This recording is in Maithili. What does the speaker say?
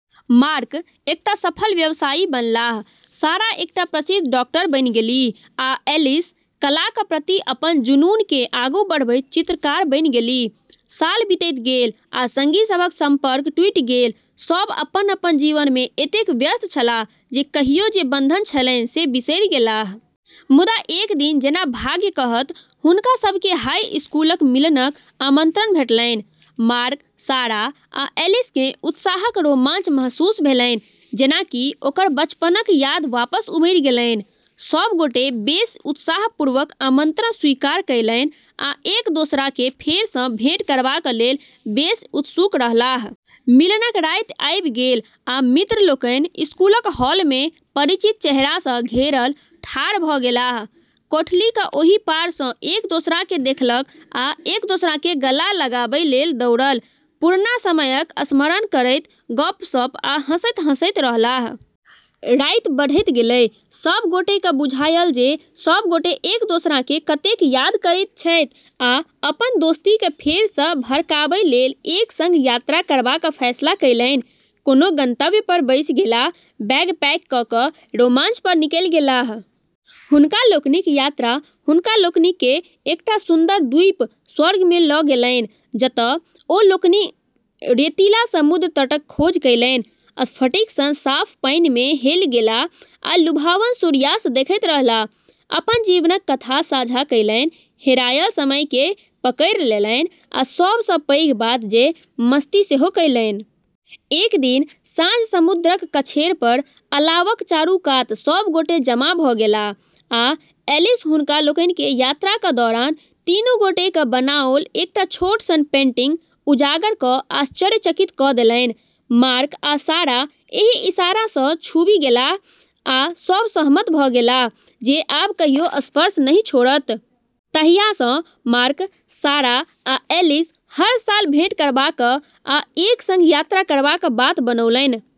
मार्क एकटा सफल व्यवसायी बनलाह, सारा एकटा प्रसिद्ध डॉक्टर बनि गेलीह, आ ऐलिस कलाक प्रति अपन जुनूनकेँ आगू बढ़बैत चित्रकार बनि गेलीह। साल बीतैत गेल, आ संगी सभक संपर्क टूटि गेल। सभ अपन-अपन जीवन मे एतेक व्यस्त छलाह जे कहियो जे बंधन छलैन से बिसरि गेलाह। मुदा एक दिन जेना भाग्य कहत, हुनका सभकेँ हाई स्कूलक मिलनक आमंत्रण भेटलैन। मार्क, सारा आ ऐलिसकेँ उत्साहक रोमांच महसूस भेलैन, जेना कि ओकर बचपनक याद वापस उमड़ि गेलैन। सभ गोटे बेस उत्सुकतापूर्वक आमंत्रण स्वीकार कएलनि आ एक दोसराकेँ फेर सँ भेंट करबाक लेल बेस उत्सुक रहलाह। मिलनक राति आबि गेल, आ मित्र लोकनि स्कूलक हॉल मे, परिचित चेहरा सँ घेरल ठाढ़ भऽ गेलाह। कोठलीक ओहि पार सँ एक दोसराकेँ देखलक आ एक दोसराकेँ गला लगाबै लेल दौड़ल। पुरना समयक स्मरण करैत गप्प-सप्प आ हँसैत-हँसैत रहलाह। राति बढ़ैत गेलै, सभ गोटेकेँ बुझायल जे सभ गोटे एक दोसराकेँ कतेक याद करैत छथि आ अपन दोस्तीकेँ फेर सँ भड़काबै लेल एक संग यात्रा करबाक फैसला कएलनि। कोनो गंतव्य पर बैसि गेलाह, बैग पैक कऽ कऽ रोमांच पर निकलि गेलाह। हुनका लोकनिक यात्रा हुनका लोकनिकेँ एकटा सुन्दर द्वीप स्वर्ग मे लऽ गेलैन, जतय ओ लोकनि रेतीला समुद्र तटक खोज कएलनि, स्फटिक सन साफ पानि मे हेलि गेलाह आ लुभावन सूर्यास्त देखैत रहलाह। अपन जीवनक कथा साझा कएलनि, हेरायल समयकेँ पकड़ि लेलनि, आ सभ सँ पैघ बात जे मस्ती सेहो कएलनि। एक दिन साँझ समुद्रक कछेर पर अलावक चारूकात सभ गोटे जमा भऽ गेलाह आ ऐलिस हुनका लोकनिकेँ यात्राक दौरान तीनू गोटेक बनाओल एकटा छोट सन पेंटिंग उजागर कऽ आश्चर्यचकित कऽ देलैन। मार्क आ सारा एहि इशारा सँ छूबि गेलाह, आ सभ सहमत भऽ गेलाह जे आब कहियो स्पर्श नहि छोड़त। तहिया सँ मार्क, सारा आ ऐलिस हर साल भेंट करबाक आ एक संग यात्रा करबाक बात बनौलनि।